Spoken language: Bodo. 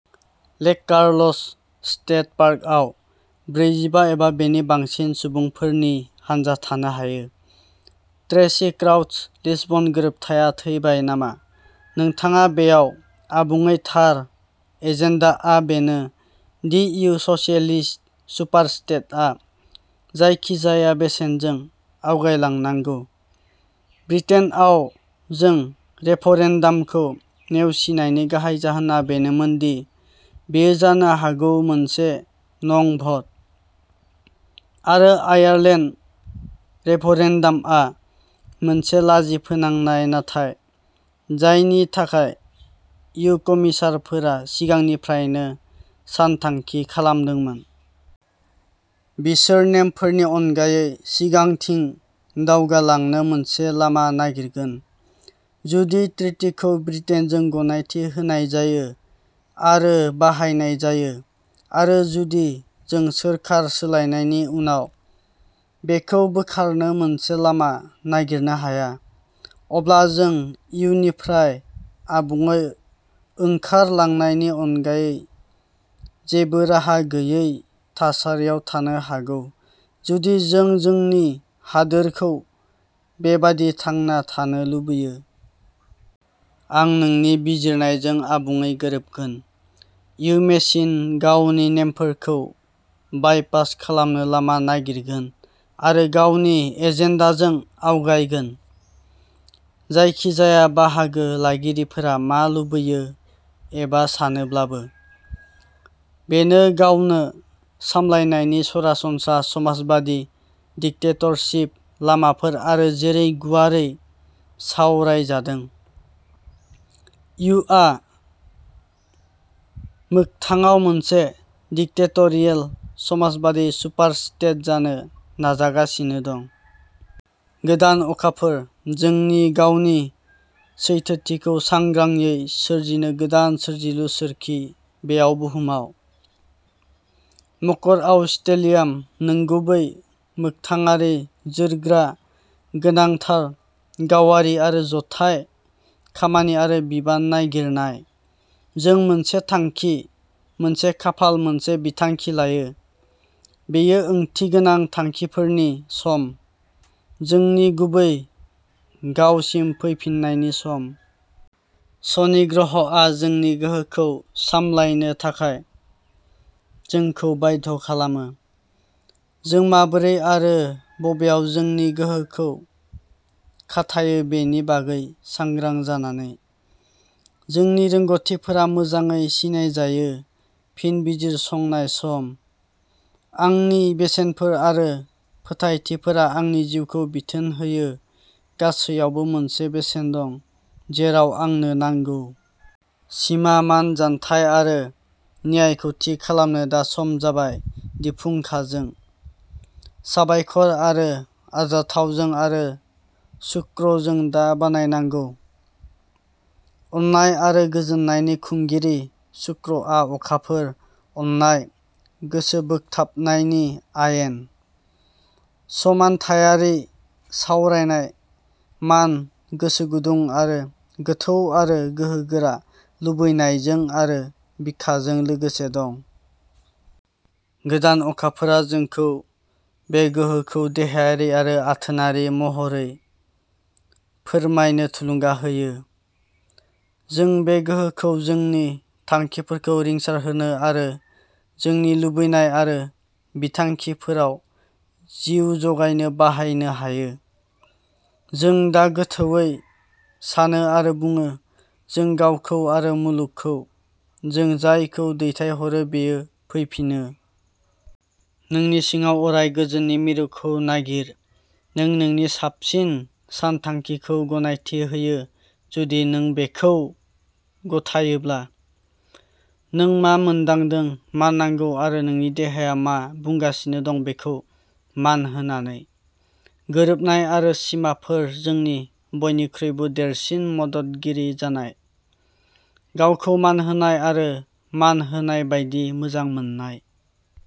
लेक कार्लस स्टेट पार्कआव ब्रैजिबा एबा बेनि बांसिन सुबुंफोरनि हानजा थानो हायो। ट्रेसी क्राउच लिसबन गोरोबथाया थैबाय नामा नोंथाङा बेयाव आबुङै थार एजेन्डाआ बेनो दि इयु स'सियेलिस्ट सुपारस्टेटआ जायखिजाया बेसेनजों आवगायलांनांगौ। ब्रिटेनआव जों रेफरेन्डामखौ नेवसिनायनि गाहाय जाहोना बेनोमोन दि बेयो जानो हागौ मोनसे नं भ'ट, आरो आयारलेन्ड रेफरेन्डामआ मोनसे लाजिफोनांनाय नाथाय जायनि थाखाय इयु कमिसारफोरा सिगांनिफ्रायनो सानथांखि खालामदोंमोन। बिसोर नेमफोरनि अनगायै सिगांथिं दावगालांनो मोनसे लामा नागिरगोन। जुदि ट्रिटिखौ ब्रिटेनजों गनायथि होनाय जायो आरो बाहायनाय जायो, आरो जुदि जों सोरखार सोलायनायनि उनाव बेखौ बोखारनो मोनसे लामा नागिरनो हाया, अब्ला जों इयुनिफ्राय आबुङै ओंखारलांनायनि अनगायै जेबो राहा गैयै थासारियाव थानो हागौ जुदि जों जोंनि हादोरखौ बेबादि थांना थानो लुबैयो। आं नोंनि बिजिरनायजों आबुङै गोरोबगोन। इयु मेसिन गावनि नेमफोरखौ बायपास खालामनो लामा नागिरगोन आरो गावनि एजेन्डाजों आवगायगोन, जायखिजाया बाहागो लागिरिफोरा मा लुबैयो एबा सानोब्लाबो। बेनो गावनो सामलायनायनि सरासनस्रा समाजबादि डिक्टेटरशिप लामाफोर आरो जेरै गुवारै सावरायजादों, इयुआ मोगथाङाव मोनसे डिक्टेटरियेल समाजबादि सुपारस्टेट जानो नाजागासिनो दं। गोदान अखाफोर, जोंनि गावनि सैथोथिखौ सांग्रांयै सोरजिनो गोदान सोरजिलु सोरखि, बेयाव बुहुमाव। मकरआव स्टेलियाम, नंगुबै, मोगथाङारि, जोरग्रा, गोनांथार, गावारि आरो जथाय खामानि आरो बिबान नागिरनाय। जों मोनसे थांखि, मोनसे खाफाल मोनसे बिथांखि लायो, बेयो ओंथिगोनां थांखिफोरनि सम, जोंनि गुबै गावसिम फैफिन्नायनि सम। शनि ग्रहआ जोंनि गोहोखौ सामलायनो थाखाय जोंखौ बाध्य खालामो, जों माबोरै आरो बबेयाव जोंनि गोहोखौ खाथायो बेनि बागै सांग्रां जानानै। जोंनि रोंग'थिफोरा मोजाङै सिनाय जायो फिन बिजिरसंनाय सम, आंनि बेसेनफोर आरो फोथायथिफोरा आंनि जिउखौ बिथोन होयो गासैयावबो मोनसे बेसेन दं, जेराव आंनो नांगौ। सिमा, मान, जानथाय आरो न्यायखौ थि खालामनो दा सम जाबाय दि फुंखा जों, साबायखर आरो आरजाथावजों आरो शुक्र जों दा बानायनांगौ। अननाय आरो गोजोननायनि खुंगिरि शुक्रआ अखाफोर, अननाय, गोसो बोगथाबनायनि आयेन, समानथायारि सावरायनाय, मान, गोसो गुदुं आरो गोथौ आरो गोहोगोरा लुबैनायजों आरो बिखाजों लोगोसे दं। गोदान अखाफोरा जोंखौ बे गोहोखौ देहायारि आरो आथोनारि महरै फोरमायनो थुलुंगा होयो। जों बे गोहोखौ जोंनि थांखिफोरखौ रिंसारहोनो आरो जोंनि लुबैनाय आरो बिथांखिफोराव जिउ जगायनो बाहायनो हायो। जों दा गोथौवै सानो आरो बुङो, जों गावखौ आरो मुलुगखौ, जों जायखौ दैथायहरो बेयो फैफिनो। नोंनि सिङाव अराय गोजोननि मिरुखौ नागिर, नों नोंनि साबसिन सानथांखिखौ गनायथि होयो जुदि नों बेखौ गथायोब्ला, नों मा मोनदांदों, मा नांगौ, आरो नोंनि देहाया मा बुंगासिनो दं बेखौ मान होनानै। गोरोबनाय आरो सिमाफोर जोंनि बयनिख्रुइबो देरसिन मददगिरि जानाय, गावखौ मान होनाय आरो मान होनाय बायदि मोजां मोननाय।